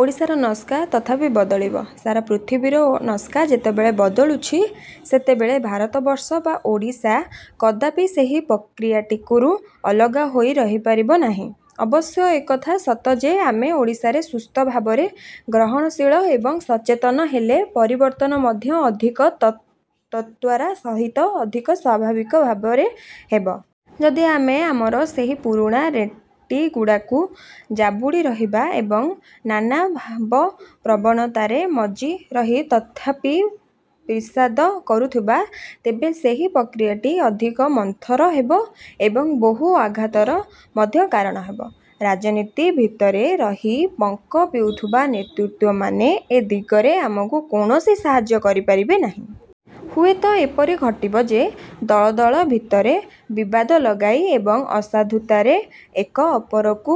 ଓଡ଼ିଶାର ନସ୍କା ତଥାପି ବଦଳିବ। ସାରା ପୃଥିବୀର ନସ୍କା ଯେତେବେଳେ ବଦଳୁଛି, ସେତେବେଳେ ଭାରତବର୍ଷ ବା ଓଡ଼ିଶା କଦାପି ସେହି ପ୍ରକ୍ରିୟାଟିକୁରୁ ଅଲଗା ହୋଇ ରହିପାରିବ ନାହିଁ। ଅବଶ୍ୟ ଏକଥା ସତ ଯେ ଆମେ ଓଡ଼ିଶାରେ ସୁସ୍ଥ ଭାବରେ ଗ୍ରହଣଶୀଳ ଏବଂ ସଚେତନ ହେଲେ ପରିବର୍ତ୍ତନ ମଧ୍ୟ ଅଧିକ ତ ତତ୍ୱାରା ସହିତ ଅଧିକ ସ୍ୱଭାବିକ ଭାବରେ ହେବ। ଯଦି ଆମେ ଆମର ସେହି ପୁରୁଣା ରେଣ୍ଟିଗୁଡ଼ାକୁ ଯାବୁଡ଼ି ରହିବା ଏବଂ ନାନା ଭାବପ୍ରବଣତାରେ ମଜି ରହି ତଥାପି ଫିସାଦ କରୁଥିବା, ତେବେ ସେହି ପ୍ରକ୍ରିୟାଟି ଅଧିକ ମନ୍ଥର ହେବ ଏବଂ ବହୁ ଆଘାତର ମଧ୍ୟ କାରଣ ହେବ। ରାଜନୀତି ଭିତରେ ରହି ପଙ୍କ ପିଉଥିବା ନେତୃତ୍ୱମାନେ ଏ ଦିଗରେ ଆମକୁ କୌଣସି ସାହାଯ୍ୟ କରିବେ ନାହିଁ। ହୁଏତ ଏପରି ଘଟିବ ଯେ, ଦଳ ଦଳ ଭିତରେ ବିବାଦ ଲଗାଇ ଏବଂ ଅସାଧୁତାରେ ଏକ ଅପରକୁ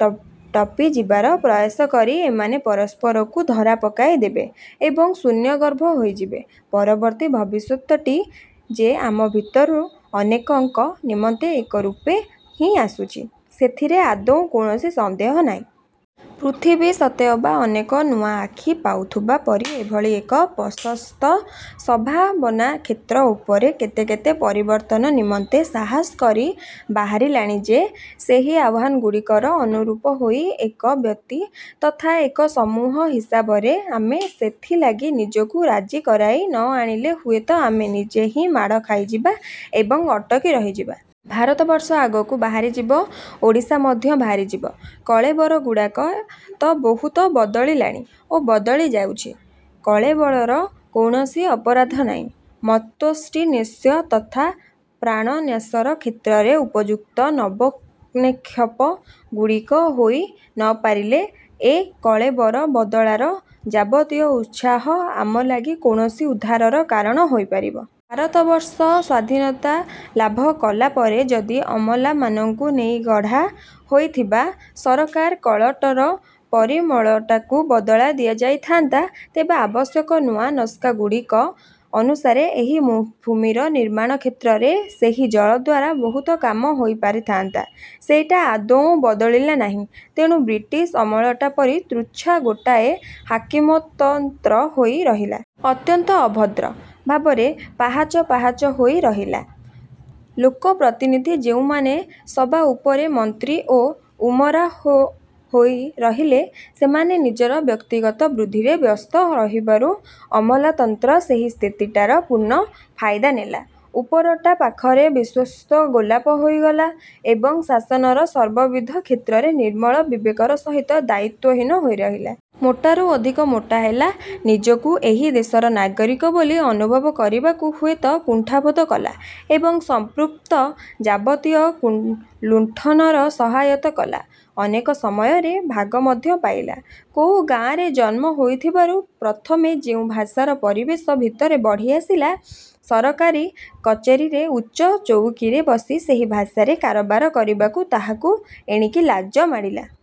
ଟ ଟପିଯିବାର ପ୍ରୟାସ କରି ଏମାନେ ପରସ୍ପରକୁ ଧରା ପକାଇଦେବେ ଏବଂ ଶୂନ୍ୟଗର୍ଭ ହୋଇଯିବେ। ପରବର୍ତ୍ତୀ ଭବିଷ୍ୟତଟି ଯେ ଆମ ଭିତରୁ ଅନେକଙ୍କ ନିମନ୍ତେ ଏକ ରୂପେ ହିଁ ଆସୁଛି, ସେଥିରେ ଆଦୌ କୌଣସି ସନ୍ଦେହ ନାହିଁ। ପୃଥିବୀ ସତେଅବା ଅନେକ ନୂଆ ଆଖି ପାଉଥିବା ପରି ଏଭଳି ଏକ ପ୍ରଶସ୍ତ ସଭାବନାକ୍ଷେତ୍ର ଉପରେ କେତେ କେତେ ପରିବର୍ତ୍ତନ ନିମନ୍ତେ ସାହସ କରି ବାହାରିଲାଣି ଯେ, ସେହି ଆହ୍ୱାନ ଗୁଡ଼ିକର ଅନୁରୂପ ହୋଇ ଏକ ବ୍ୟକ୍ତି ତଥା ଏକ ସମୂହ ହିସାବରେ ଆମେ ସେଥିଲାଗି ନିଜକୁ ରାଜି କରାଇ ନ ଆଣିଲେ ହୁଏତ ଆମେ ନିଜେ ହିଁ ମାଡ଼ ଖାଇଯିବା ଏବଂ ଅଟକି ରହିଯିବା। ଭାରତବର୍ଷ ଆଗକୁ ବାହାରିଯିବ। ଓଡ଼ିଶା ମଧ୍ୟ ବାହାରିଯିବ। କଳେବରଗୁଡ଼ାକ ତ ବହୁତ ବଦଳିଲାଣି ଓ ବଦଳି ଯାଉଛି। କଳେବରର କୌଣସି ଅପରାଧ ନାହିଁ। ମତ୍ଦୃଷ୍ଟିନ୍ୟାସ ତଥା ପ୍ରାଣନ୍ୟାସର କ୍ଷେତ୍ରରେ ଉପଯୁକ୍ତ ନବୋନ୍ମେଷ ଗୁଡ଼ିକ ହୋଇ ନପାରିଲେ, ଏ କଳେବର ବଦଳାର ଯାବତୀୟ ଉତ୍ସାହ ଆମ ଲାଗି କୌଣସି ଉଦ୍ଧାରର କାରଣ ହୋଇପାରିବ ଭାରତବର୍ଷ ସ୍ଵାଧୀନତା ଲାଭ କଲାପରେ ଯଦି ଅମଲାମାନଙ୍କୁ ନେଇ ଗଢ଼ା ହୋଇଥିବା ସରକାର କଳଟର ପରିମଳଟାକୁ ବଦଳାଇ ଦିଆଯାଇଥାନ୍ତା, ତେବେ ଆବଶ୍ୟକ ନୂଆ ନସ୍କାଗୁଡ଼ିକ ଅନୁସାରେ ଏହି ଭୂମିର ନିର୍ମାଣ କ୍ଷେତ୍ରରେ ସେହି ଜଳ ଦ୍ଵାରା ବହୁତ କାମ ହୋଇପାରିଥାନ୍ତା। ସେଇଟା ଆଦୌ ବଦଳିଲା ନାହିଁ, ତେଣୁ ବ୍ରିଟିଶ୍ ଅମଳଟା ପରି ତୁଚ୍ଛା ଗୋଟାଏ ହାକିମତନ୍ତ୍ର ହୋଇ ରହିଲା। ଅତ୍ୟନ୍ତ ଅଭଦ୍ର ଭାବରେ ପାହାଚ ପାହାଚ ହୋଇ ରହିଲା। ଲୋକପ୍ରତିନିଧି ଯେଉଁମାନେ ସବା ଉପରେ ମନ୍ତ୍ରୀ ଓ ଉମରାଓ ହୋଇରହିଲେ, ସେମାନେ ନିଜର ବ୍ୟକ୍ତିଗତ ବୃଦ୍ଧିରେ ବ୍ୟସ୍ତ ରହିବାରୁ ଅମଲାତନ୍ତ୍ର ସେହି ସ୍ଥିତିଟାର ପୂର୍ଣ୍ଣ ଫାଇଦା ନେଲା। ଉପରଟା ପାଖରେ ବିଶ୍ୱସ୍ତ ଗୋଲାମ ହୋଇଗଲା ଏବଂ ଶାସନର ସର୍ବବିଧ କ୍ଷେତ୍ରରେ ନିର୍ମଳ ବିବେକର ସହିତ ଦାୟିତ୍ୱହୀନ ହୋଇରହିଲା। ମୋଟାରୁ ଅଧିକ ମୋଟା ହେଲା, ନିଜକୁ ଏହି ଦେଶର ନାଗରିକ ବୋଲି ଅନୁଭବ କରିବାକୁ ହୁଏତ କୁଣ୍ଠାବୋଧ କଲା ଏବଂ ସଂପୃକ୍ତ ଯାବତୀୟ ଲୁ ଲୁଣ୍ଠନରେ ସହାୟତା କଲା, ଅନେକ ସମୟରେ ଭାଗ ମଧ୍ୟ ପାଇଲା। କୋଉ ଗାଆଁରେ ଜନ୍ମ ହୋଇଥିବାରୁ ପ୍ରଥମେ ଯେଉଁ ଭାଷାର ପରିବେଶ ଭିତରେ ବଢ଼ି ଆସିଥିଲା, ସରକାରୀ କଚେରୀର ଉଚ୍ଚ ଚଉକୀରେ ବସି ସେହି ଭାଷାରେ କାରବାର କରିବାକୁ ତାହାକୁ ଏଣିକି ଲାଜ ମାଡ଼ିଲା।